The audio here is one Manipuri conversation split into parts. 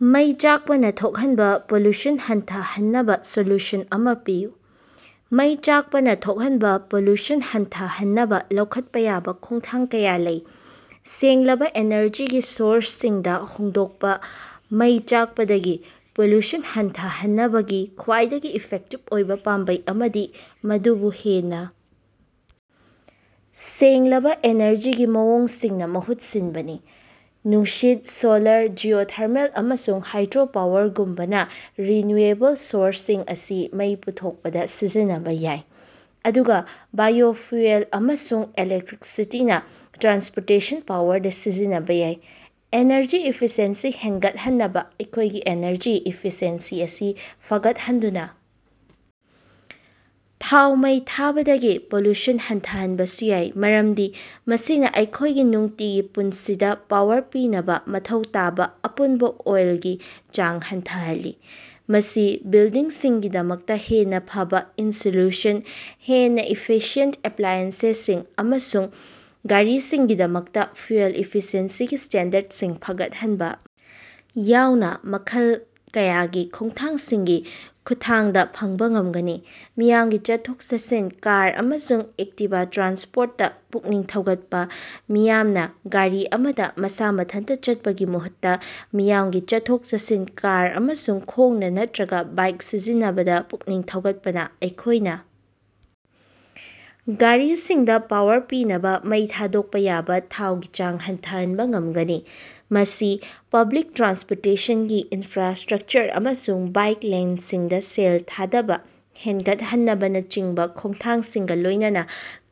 ꯃꯩ ꯆꯥꯛꯄꯅꯥ ꯊꯣꯛꯍꯟꯕꯥ ꯄꯣꯂꯨꯁꯟ ꯍꯟꯊꯍꯟꯅꯕꯥ ꯁꯣꯂꯨꯁꯟ ꯑꯃꯥ ꯄꯤꯌꯨ꯫ ꯃꯩ ꯆꯥꯛꯄꯅꯥ ꯊꯣꯛꯍꯟꯕꯥ ꯄꯣꯂꯨꯁꯟ ꯍꯟꯊꯍꯟꯅꯕꯥ ꯂꯧꯈꯠꯄꯥ ꯌꯥꯕ ꯈꯣꯡꯊꯥꯡ ꯀꯌꯥ ꯂꯩ: ꯁꯦꯡꯂꯕꯥ ꯑꯦꯅꯔꯖꯤꯒꯤ ꯁꯣꯔ꯭ꯁꯁꯤꯡꯗꯥ ꯍꯣꯡꯗꯣꯛꯄꯥ: ꯃꯩ ꯆꯥꯛꯄꯗꯒꯤ ꯄꯣꯂꯨꯁꯟ ꯍꯟꯊꯍꯟꯅꯕꯒꯤ ꯈꯥ꯭ꯋꯏꯗꯒꯤ ꯏꯐꯦꯛꯇꯤꯞ ꯑꯣꯏꯕꯥ ꯄꯥꯝꯕꯩ ꯑꯃꯗꯤ ꯃꯗꯨꯕꯨ ꯍꯦꯟꯅꯥ ꯁꯦꯡꯂꯕꯥ ꯑꯦꯅꯔꯖꯤꯒꯤ ꯃꯑꯣꯡꯁꯤꯡꯅꯥ ꯃꯍꯨꯠ ꯁꯤꯟꯕꯅꯤ꯫ ꯅꯨꯡꯁꯤꯠ, ꯁꯣꯂꯥꯔ, ꯖꯤꯑꯣꯊꯔꯃꯦꯜ, ꯑꯃꯁꯨꯡ ꯍꯥꯏꯗ꯭ꯔꯣ ꯄꯥꯋꯔꯒꯨꯝꯕꯥ ꯔꯤꯟꯌꯨꯑꯦꯕꯜ ꯁꯣꯔꯁꯁꯤꯡ ꯑꯁꯤ ꯃꯩ ꯄꯨꯊꯣꯛꯄꯗꯥ ꯁꯤꯖꯤꯟꯅꯕꯥ ꯌꯥꯏ, ꯑꯗꯨꯒꯥ ꯕꯥꯏꯑꯣꯐ꯭ꯌꯨꯑꯦꯜ ꯑꯃꯁꯨꯡ ꯏꯂꯦꯛꯇꯔꯤꯁꯤꯇꯤꯅꯥ ꯇ꯭ꯔꯥꯟꯁꯄꯣꯔꯇꯦꯁꯟꯒꯤ ꯄꯥꯋꯔꯗ ꯁꯤꯖꯤꯟꯅꯕꯥ ꯌꯥꯏ꯫ ꯏꯅꯔꯖꯤ ꯏꯐꯤꯁꯤꯑꯦꯟꯁꯤ ꯍꯦꯒꯠꯍꯟꯕꯥ: ꯑꯩꯈꯣꯏꯒꯤ ꯏꯅꯔꯖꯤ ꯏꯐꯤꯁꯤꯑꯦꯟꯁꯤ ꯐꯒꯠꯍꯟꯗꯨꯅꯥ ꯊꯥꯎ ꯃꯩ ꯊꯥꯕꯗꯒꯤ ꯄꯣꯂꯨꯁꯟ ꯍꯟꯊꯍꯟꯕꯁꯨ ꯌꯥꯏ, ꯃꯔꯝꯗꯤ ꯃꯁꯤꯅꯥ ꯑꯩꯈꯣꯏꯒꯤ ꯅꯨꯡꯇꯤꯒꯤ ꯄꯨꯟꯁꯤꯗꯥ ꯄꯥꯋꯔ ꯄꯤꯅꯕꯥ ꯃꯊꯧ ꯇꯥꯕꯥ ꯑꯄꯨꯟꯕꯥ ꯑꯣꯏꯜꯒꯤ ꯆꯥꯡ ꯍꯟꯊꯍꯜꯂꯤ꯫ ꯃꯁꯤ ꯕꯤꯜꯗꯤꯡꯁꯤꯡꯒꯤꯗꯃꯛꯇꯥ ꯍꯦꯟꯅꯥ ꯐꯕꯥ ꯏꯟꯁꯨꯂꯦꯁꯟ, ꯍꯦꯟꯅꯥ ꯏꯐꯤꯁꯤꯌꯦꯟꯇ ꯑꯦꯞꯂꯥꯏꯑꯦꯟꯁꯁꯤꯡ, ꯑꯃꯁꯨꯡ ꯒꯥꯔꯤꯁꯤꯡꯒꯤꯗꯃꯛꯇꯥ ꯐ꯭ꯌꯨꯑꯦꯜ ꯏꯐꯤꯁꯤꯑꯦꯟꯁꯤꯒꯤ ꯁ꯭ꯇꯦꯟꯗꯔꯗꯁꯤꯡ ꯐꯒꯠꯍꯟꯕꯥ ꯌꯥꯎꯅꯥ ꯃꯈꯜ ꯀꯌꯥꯒꯤ ꯈꯣꯡꯊꯥꯡꯁꯤꯡꯒꯤ ꯈꯨꯠꯊꯥꯡꯗꯥ ꯐꯪꯕꯥ ꯉꯝꯒꯅꯤ꯫ ꯃꯤꯌꯥꯝꯒꯤ ꯆꯠꯊꯣꯛ-ꯆꯠꯁꯤꯟ, ꯀꯥꯔ, ꯑꯃꯁꯨꯡ ꯑꯦꯛꯇꯤꯕ ꯇ꯭ꯔꯥꯟꯁꯄꯣꯔꯇꯇꯥ ꯄꯨꯛꯅꯤꯡ ꯊꯧꯒꯠꯄꯥ: ꯃꯤꯌꯥꯝꯅꯥ ꯒꯥꯔꯤ ꯑꯃꯗꯥ ꯃꯁꯥ ꯃꯊꯟꯇꯥ ꯆꯠꯄꯒꯤ ꯃꯍꯨꯠꯇꯥ ꯃꯤꯌꯥꯝꯒꯤ ꯆꯠꯊꯣꯛ-ꯆꯠꯁꯤꯟ, ꯀꯥꯔ, ꯑꯃꯁꯨꯡ ꯈꯣꯡꯅꯥ ꯅꯠꯇꯔꯒꯥ ꯕꯥꯏꯛ ꯁꯤꯖꯤꯟꯅꯅꯕꯥ ꯄꯨꯛꯅꯤꯡ ꯊꯧꯒꯠꯄꯅꯥ ꯑꯩꯈꯣꯏꯅꯥ ꯒꯥꯔꯤꯁꯤꯡꯗꯥ ꯄꯥꯋꯔ ꯄꯤꯅꯕꯥ ꯃꯩ ꯊꯥꯗꯣꯛꯄꯥ ꯌꯥꯕꯥ ꯊꯥꯎꯒꯤ ꯆꯥꯡ ꯍꯟꯊꯍꯟꯕꯥ ꯉꯝꯒꯅꯤ꯫ ꯃꯁꯤ ꯄꯕ꯭ꯂꯤꯛ ꯇ꯭ꯔꯥꯟꯁꯄꯣꯔꯇꯦꯁꯟꯒꯤ ꯏꯅꯐ꯭ꯔꯥꯁ꯭ꯠꯔꯀꯆꯔ ꯑꯃꯁꯨꯡ ꯕꯥꯏꯛ ꯂꯦꯟꯁꯤꯡꯗꯥ ꯁꯦꯜ ꯊꯥꯗꯕꯥ ꯍꯦꯒꯠꯍꯟꯕꯅꯆꯤꯡꯕꯥ ꯈꯣꯡꯊꯥꯡꯁꯤꯡꯒꯥ ꯂꯣꯏꯅꯅꯥ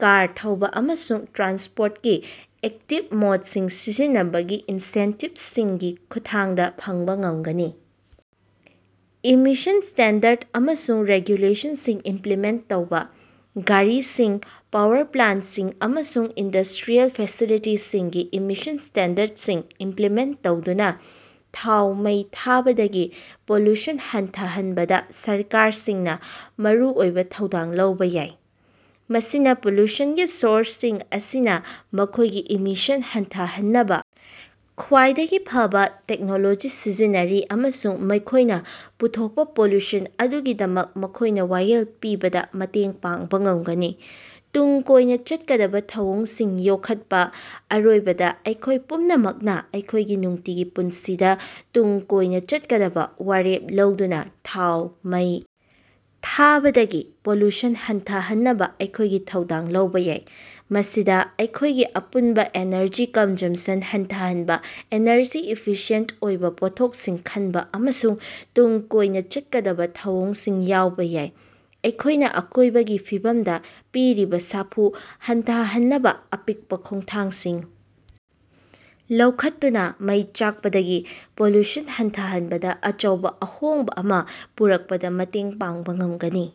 ꯀꯥꯔ ꯊꯧꯕꯥ ꯑꯃꯁꯨꯡ ꯇ꯭ꯔꯥꯟꯁꯄꯣꯔꯇꯀꯤ ꯑꯦꯛꯇꯤꯕ ꯃꯣꯠꯁꯤꯡ ꯁꯤꯖꯤꯟꯅꯕꯒꯤ ꯏꯟꯁꯦꯟꯇꯤꯕꯁꯤꯡꯒꯤ ꯈꯨꯠꯊꯥꯡꯗ ꯐꯪꯕꯥ ꯉꯝꯒꯅꯤ꯫ ꯏꯃꯤꯁꯟ ꯁ꯭ꯇꯦꯟꯗꯔꯗ ꯑꯃꯁꯨꯡ ꯔꯦꯒꯨꯂꯦꯁꯟꯁꯤꯡ ꯏꯝꯄꯂꯤꯃꯦꯟꯇ ꯇꯧꯕꯥ: ꯒꯥꯔꯤꯁꯤꯡ, ꯄꯥꯋꯔ ꯄ꯭ꯂꯥꯟꯇꯁꯤꯡ, ꯑꯃꯁꯨꯡ ꯏꯟꯗꯁ꯭ꯇꯔꯤꯑꯦꯜ ꯐꯦꯁꯤꯂꯤꯇꯤꯁꯤꯡꯒꯤ ꯏꯃꯤꯁꯟ ꯁ꯭ꯇꯦꯟꯗꯔꯗꯁꯤꯡ ꯏꯝꯄꯂꯤꯃꯦꯟꯇ ꯇꯧꯗꯨꯅꯥ ꯊꯥꯎ ꯃꯩ ꯊꯥꯕꯗꯒꯤ ꯄꯣꯂꯨꯁꯟ ꯍꯟꯊꯍꯟꯕꯗꯥ ꯁꯔꯀꯥꯔꯁꯤꯡꯅꯥ ꯃꯔꯨꯑꯣꯏꯕꯥ ꯊꯧꯗꯥꯡ ꯂꯧꯕꯥ ꯌꯥꯏ꯫ ꯃꯁꯤꯅꯥ ꯄꯣꯂꯨꯁꯟꯒꯤ ꯁꯣꯔꯁꯁꯤꯡ ꯑꯁꯤꯅꯥ ꯃꯈꯣꯏꯒꯤ ꯏꯃꯤꯁꯟ ꯍꯟꯊꯍꯟꯅꯕꯥ ꯈ꯭ꯋꯥꯏꯗꯒꯤ ꯐꯕꯥ ꯇꯦꯛꯅꯣꯂꯣꯖꯤ ꯁꯤꯖꯤꯟꯅꯔꯤ, ꯑꯃꯁꯨꯡ ꯃꯈꯣꯏꯅꯥ ꯄꯨꯊꯣꯛꯄꯥ ꯄꯣꯂꯨꯁꯟ ꯑꯗꯨꯒꯤꯗꯃꯛ ꯃꯈꯣꯏꯅꯥ ꯋꯥꯌꯦꯜ ꯄꯤꯕꯗꯥ ꯃꯇꯦꯡ ꯄꯥꯡꯕꯥ ꯉꯝꯒꯅꯤ꯫ ꯇꯨꯡ ꯀꯣꯏꯅꯥ ꯆꯠꯀꯗꯕꯥ ꯊꯧꯑꯣꯡꯁꯤꯡ ꯌꯣꯛꯈꯠꯄꯥ: ꯑꯔꯣꯏꯕꯗꯥ, ꯑꯩꯈꯣꯏ ꯄꯨꯝꯅꯃꯛꯅꯥ ꯑꯩꯈꯣꯏꯒꯤ ꯅꯨꯡꯇꯤꯒꯤ ꯄꯨꯟꯁꯤꯗꯥ ꯇꯨꯡ ꯀꯣꯏꯅꯥ ꯆꯠꯀꯗꯕꯥ ꯋꯥꯔꯦꯞ ꯂꯧꯗꯨꯅꯥ ꯊꯥꯎ ꯃꯩ ꯊꯥꯕꯗꯒꯤ ꯄꯣꯂꯨꯁꯟ ꯍꯟꯊꯍꯟꯅꯕꯥ ꯑꯩꯈꯣꯏꯒꯤ ꯊꯧꯗꯥꯡ ꯂꯧꯕꯥ ꯌꯥꯏ꯫ ꯃꯁꯤꯗꯥ ꯑꯩꯈꯣꯌꯒꯤ ꯑꯄꯨꯅꯕꯥ ꯏꯅꯔꯖꯤ ꯀꯟꯖꯨꯃꯁꯟ ꯍꯟꯊꯍꯅꯕꯥ, ꯏꯅꯔꯖꯤ ꯏꯐꯤꯁꯤꯌꯦꯟꯇ ꯑꯣꯏꯕꯥ ꯄꯣꯠꯊꯣꯛꯁꯤꯡ ꯈꯟꯕ ꯑꯃꯁꯨꯡ ꯇꯨꯡ ꯀꯣꯏꯅ ꯆꯠꯀꯗꯧꯕ ꯊꯧꯑꯣꯡꯁꯤꯡ ꯌꯥꯎꯕꯥ ꯌꯥꯏ꯫ ꯑꯩꯈꯣꯏꯅꯥ ꯑꯀꯣꯏꯕꯒꯤ ꯐꯤꯕꯝꯗꯥ ꯄꯤꯔꯤꯕꯥ ꯁꯥꯐꯨ ꯍꯟꯊꯍꯟꯅꯕꯥ ꯑꯄꯤꯛꯄꯥ ꯈꯣꯡꯊꯥꯡꯁꯤꯡ ꯂꯧꯈꯠꯇꯨꯅꯥ ꯃꯩ ꯆꯥꯛꯄꯗꯒꯤ ꯄꯣꯂꯨꯁꯟ ꯍꯟꯊꯍꯅꯕꯗꯥ ꯑꯆꯧꯕꯥ ꯑꯍꯣꯡꯕꯥ ꯑꯃꯥ ꯄꯨꯔꯛꯄꯗꯥ ꯃꯇꯦꯡ ꯄꯥꯡꯕꯥ ꯉꯝꯒꯅꯤ꯫